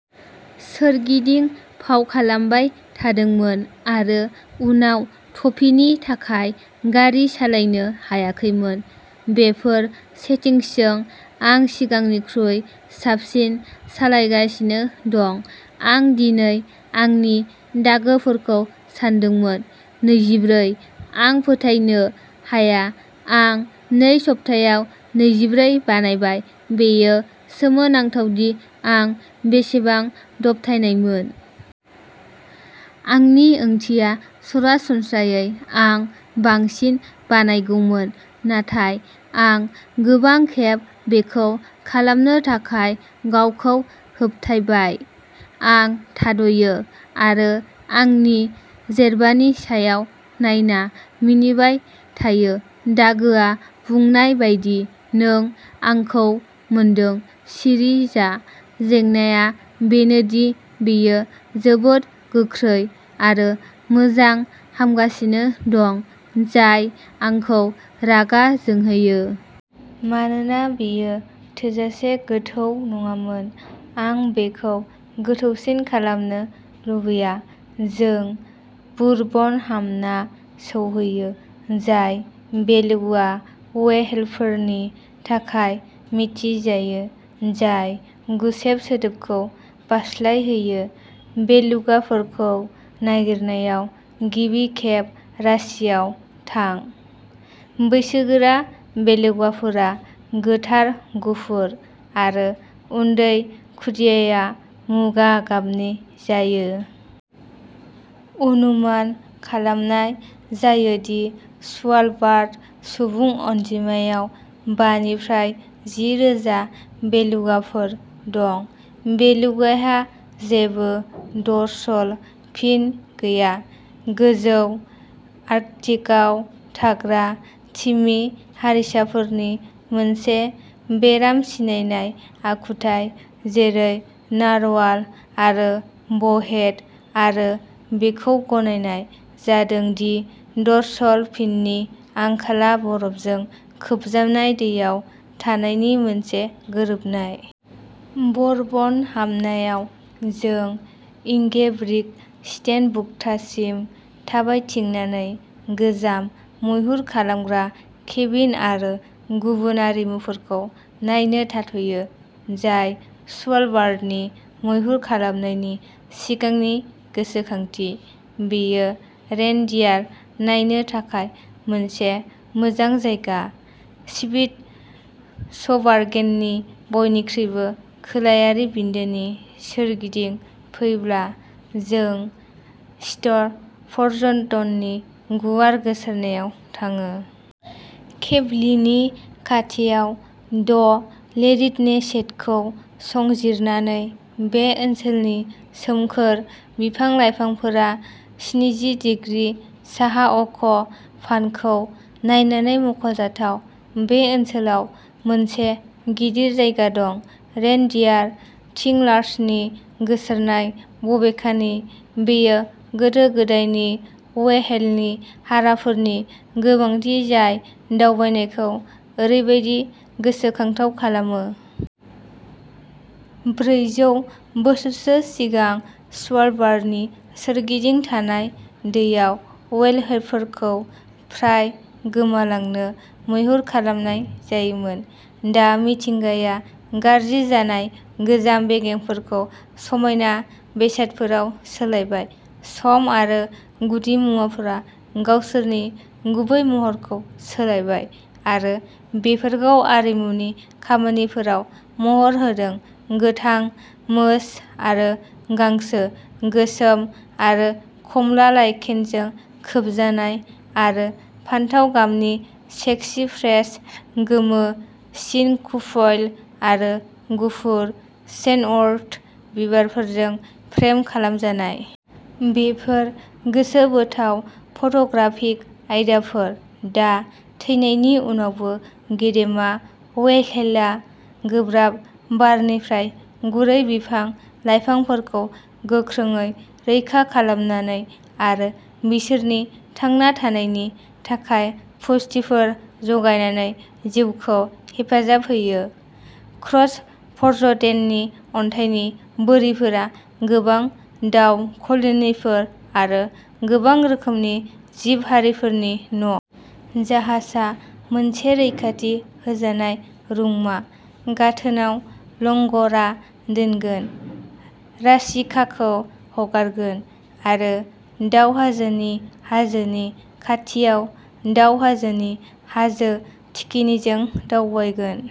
सोरगिदिं फावखालामबाय थादोंमोन आरो उनाव टफीनि थाखाय गारि सालायनो हायाखैमोन। बेफोर सेटिंसजों आं सिगांनिख्रुइ साबसिन सालायगासिनो दं। आं दिनै आंनि दागोफोरखौ सानदोंमोनः नैजिब्रै। आं फोथायनो हाया आं नै सप्तायाव नैजिब्रै बानायबाय। बेयो सोमोनांथावदि आं बेसेबां दबथायनायमोन। आंनि ओंथिया, सरासनस्रायै आं बांसिन बानायगौमोन, नाथाय आं गोबां खेब बेखौ खालामनो थाखाय गावखौ होबथायबाय। आं थाद'यो आरो आंनि जेरबानि सायाव नायना मिनिबाय थायो। दागोआ बुंनाय बायदि; "नों आंखौ मोनदों, सिरि जा।" जेंनाआ बेनो दि बेयो जोबोद गोख्रै आरो मोजां हामगासिनो दं जाय आंखौ रागा जोंहोयो। मानोना बेयो थोजासे गोथौ नङामोन। आं बेखौ गोथौसिन खालामनो लुबैया। जों बुरबनहामना सौहैयो, जाय बेलुगा व्हेलफोरनि थाखाय मिथिजायो जाय गुसेब सोदोबखौ बारस्लायहोयो। बेलुगाफोरखौ नागिरनायाव गिबि खेब राशियाव थां। बैसोगोरा बेलुगाफोरा गोथार गुफुर। आरो उन्दै खुदियाया मुगा गाबनि जायो। अनुमान खालामनाय जायो दि स्वालबार्ड सुबुं अनजिमायाव बा निफ्राय जि रोजा बेलुगाफोर दं। बेलुगाहा जेबो डर्सल फिन गैया-गोजौ आर्कटिकआव थाग्रा तिमि हारिसाफोरनि मोनसे बेराम सिनायनाय आखुथाय जेरै नारवाल आरो ब'हेड-आरो बेखौ गनायनाय जादों दि डर्सल फिननि आंखालआ बरफजों खोबजानाय दैयाव थानायनि मोनसे गोरोबनाय। बरबनहामनाआव जों इंगेब्रिगस्टेनबुक्तासिम थाबायथिंनानै गोजाम मैहुर खालामग्रा केबिन आरो गुबुन आरिमुफोरखौ नायनो थाथ'यो, जाय स्वालबार्डनि मैहुर खालामनायनि सिगांनि गोसोखांथि। बेयो रेनडियार नायनो थाखाय मोनसे मोजां जायगा। स्पिट्सबार्गेननि बयनिख्रुइबो खोलायारि बिन्दोनि सोरगिदिं फैब्ला, जों स्टर्फजर्डननि गुवार गोसारनायाव थाङो। केप लीनि खाथियाव ड'लेरिटनेसेटखौ संजिरनानै, बे ओनसोलनि सोमखोर बिफां-लाइफांफोरा स्निजि डिग्रि साहा अक्षफानखौ नायनानै मख'जाथाव। बे ओनसोलाव मोनसे गिदिर जायगा दं। रेनडियार थिंलार्सनि गोसारनाय, बबेखानि, बेयो गोदो-गोदायनि व्हेलनि हाराफोरनि गोबांथि जाय दावबायनायखौ ओरैबायदि गोसोखांथाव खालामो। ब्रैजौ बोसोरसो सिगां, स्वालबार्डनि सोरगिदिं थानाय दैयाव व्हेलफोरखौ फ्राय गोमालांनो मैहुर खालामनाय जायोमोन। दा मिथिंगाया गाज्रि जानाय गोजाम बेगेंफोरखौ समायना बेसादफोराव सोलायबाय। सम आरो गुदिमुवाफोरा गावसोरनि गुबै महरखौ सोलायबाय आरो बेफोरखौ आरिमुनि खामानिफोराव महर होदों, गोथां मोस आरो गांसो, गोसोम आरो खमला लाइकेनजों खोबजानाय आरो फान्थाव गाबनि सेक्सिफ्रेज, गोमो सिनकुफइल आरो गुफुर सेन्डवर्ट बिबारफोरजों फ्रेम खालामजानाय। बेफोर गोसोबोथाव फट'ग्राफिक आयदाफोर। दा, थैनायनि उनावबो, गेदेमा व्हेलआ गोब्राब बारनिफ्राय गुरै बिफां-लाइफांफोरखौ गोख्रोंयै रैखा खालामनानै आरो बिसोरनि थांना थानायनि थाखाय पुष्टिफोर जगायनानै जिउखौ हेफाजाब होयो। क्रसफजर्डेननि अन्थाइनि बोरिफोरा गोबां दाव कल'निफोर आरो गोबां रोखोमनि जिब-हारिफोरनि न'। जाहाजआ मोनसे रैखाथि होजानाय रुंमा गाथोनआव लंग'रा दोनगोन, राशिकाखौ हगारगोन आरो दाउ हाजोनि हाजोनि खाथियाव दाव हाजोनि हाजो थिखिनिजों दावबायगोन।